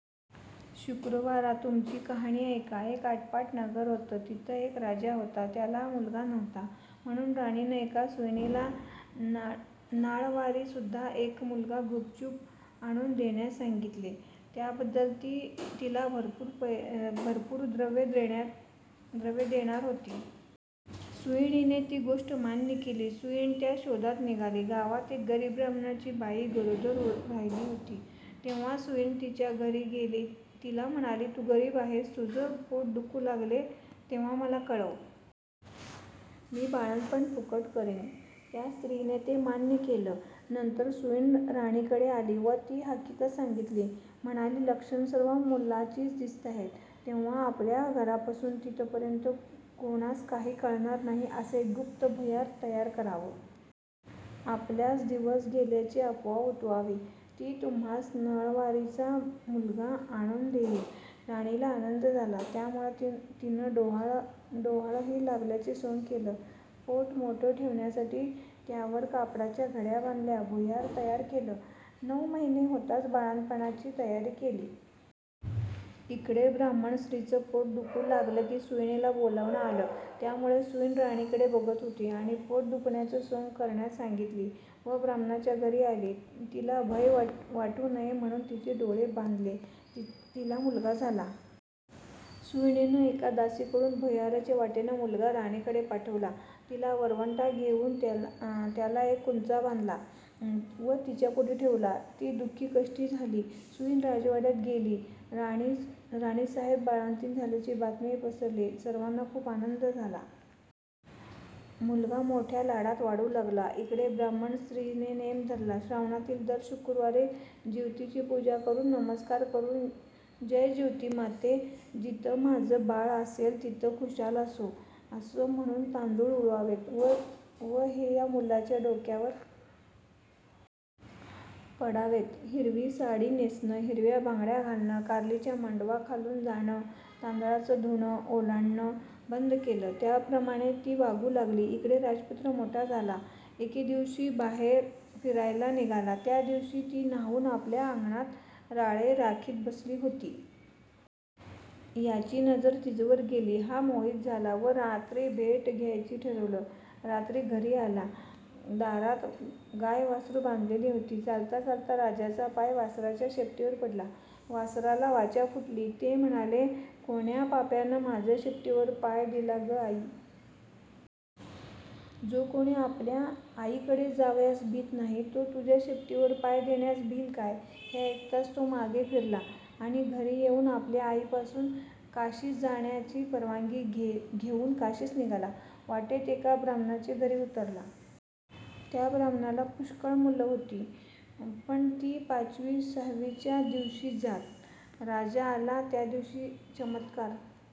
शुक्रवारा, तुमची कहाणी ऐका. एक आटपाट नगर होतं. तिथं एक राजा होता. त्याला मुलगा नव्हता म्हणून राणीनं एका सुईणीला नाळवारीसुद्धा एक मुलगा गुपचूप आणून देण्यास सांगितले. त्याबद्दल ती तिला भरपूर द्रव्य देणार होती. सुईणीने ती गोष्ट मान्य केली. सुईण त्या शोधात निघाली. गावात एक गरीब ब्राह्मणाची बाई गरोदर राहिली. तेव्हा सुईण तिच्या घरी गेली. तिला म्हणाली, तू गरीब आहेस. तुझं पोट दुखू लागेल, तेव्हा मला कळव. मी बाळंतपण फुकट करीन. त्या स्त्रीने ते मान्य केलं. नंतर सुईण राणीकडे आली व ती हकीगत सांगितली. म्हणाली, लक्षणं सर्व मुलाचीच दिसताहेत. तेव्हा आपल्या घरापासून तो तिथपर्यंत कोणास काही कळणार नाही, असं एक गुप्त भुयार तयार करावं. आपल्यास दिवस गेल्याची अफवा उठवावी. मी तुम्हास नळवारीचा मुलगा आणून देईन. राणीला आनंद झाला. त्याप्रमाणं तिनं डोहाळं लागल्याचे सोंग केलं. पोट मोठं दिसण्यासाठी त्यावर कापडाच्या घड्या बांधल्या. भुयार तयार केलं. नऊ महिने होताच बाळंतपणाची तयारी केली. इकडे ब्राह्मण स्त्रीचं पोट दुखू लागलं. सुईणीला बोलावणं आलं. त्याबरोबर सुईण राणीकडे बघत आली आणि पोट दुखण्याचं सोंग करण्यास सांगितलं व ब्राह्मणाच्या घरी आली. तिला भय वाटू नये म्हणून तिचे डोळे बांधले. तिला मुलगा झाला. सुईणीनं एका दासीकडून भुयाराच्या वाटेनं मुलगा राणीकडे पाठवला. तिनं वरंवटा घेऊन त्याला एक कुंचा बांधला व तिच्यापुढे ठेवला. ती दु:खी-कष्टी झाली. सुईण राजवाड्यात गेली. राणीसाहेब बाळंतीण झाल्याची बातमी पसरली. सर्वांना खूप आनंद झाला. मुलगा मोठ्या लाडात वाढू लागला. इकडे ब्राह्मण स्त्रीने नेम धरला. श्रावणातील दर शुक्रवारी जिवतीची पूजा करून नमस्कार करून, जय जिवती माते, जिथं माझं बाळ असेल, तिथ खुशाल असो, असं म्हणून तांदूळ उडवावेत व ते ह्या मुलाच्या डोक्यावर. पडावेत. हिरवी साडी नेसणं, हिरव्या बांगड्या घालणं, कारलीच्या मांडवाखालून जाणं, तांदळाचं धुणं ओलांडणं बंद केलं. याप्रमाणे ती वागू लागली. इकडे राजपुत्र मोठा झाला. एके दिवशी बाहेर फिरायला निघाला. त्या दिवशी ही न्हाऊन आपल्या अंगणात राळे राखीत बसली होती. याची नजर तिजवर गेली. हा मोहित झाला व रात्री भेट घ्यायची ठरविलं. रात्री घरी आला. दारात गाय-वासरू बांधली होती. चालता-चालता राजाचा पाय वासराच्या शेपटीवर पडला. वासराला वाचा फुटली. ते म्हणाले, कोण्या पाप्यानं माझ्या शेपटीवर पाय दिला आई? जो कोणी आपल्या आईकडे जावयास भीत नाही, तो तुझ्या शेपटीवर पाय देण्यास भिईल काय? हे ऐकताच तो मागे फिरला आणि घरी येऊन आपल्या आईपासून काशीस जाण्याची परवानगी घेऊन काशीस निघाला. वाटेत एका ब्राह्मणाचे घरी उतरला. त्या ब्राह्मणाला पुष्कळ मुलं होत होती पण ती पाचवी-सहावीच्या दिवशी जात. राजा आला, त्या दिवशी चमत्कार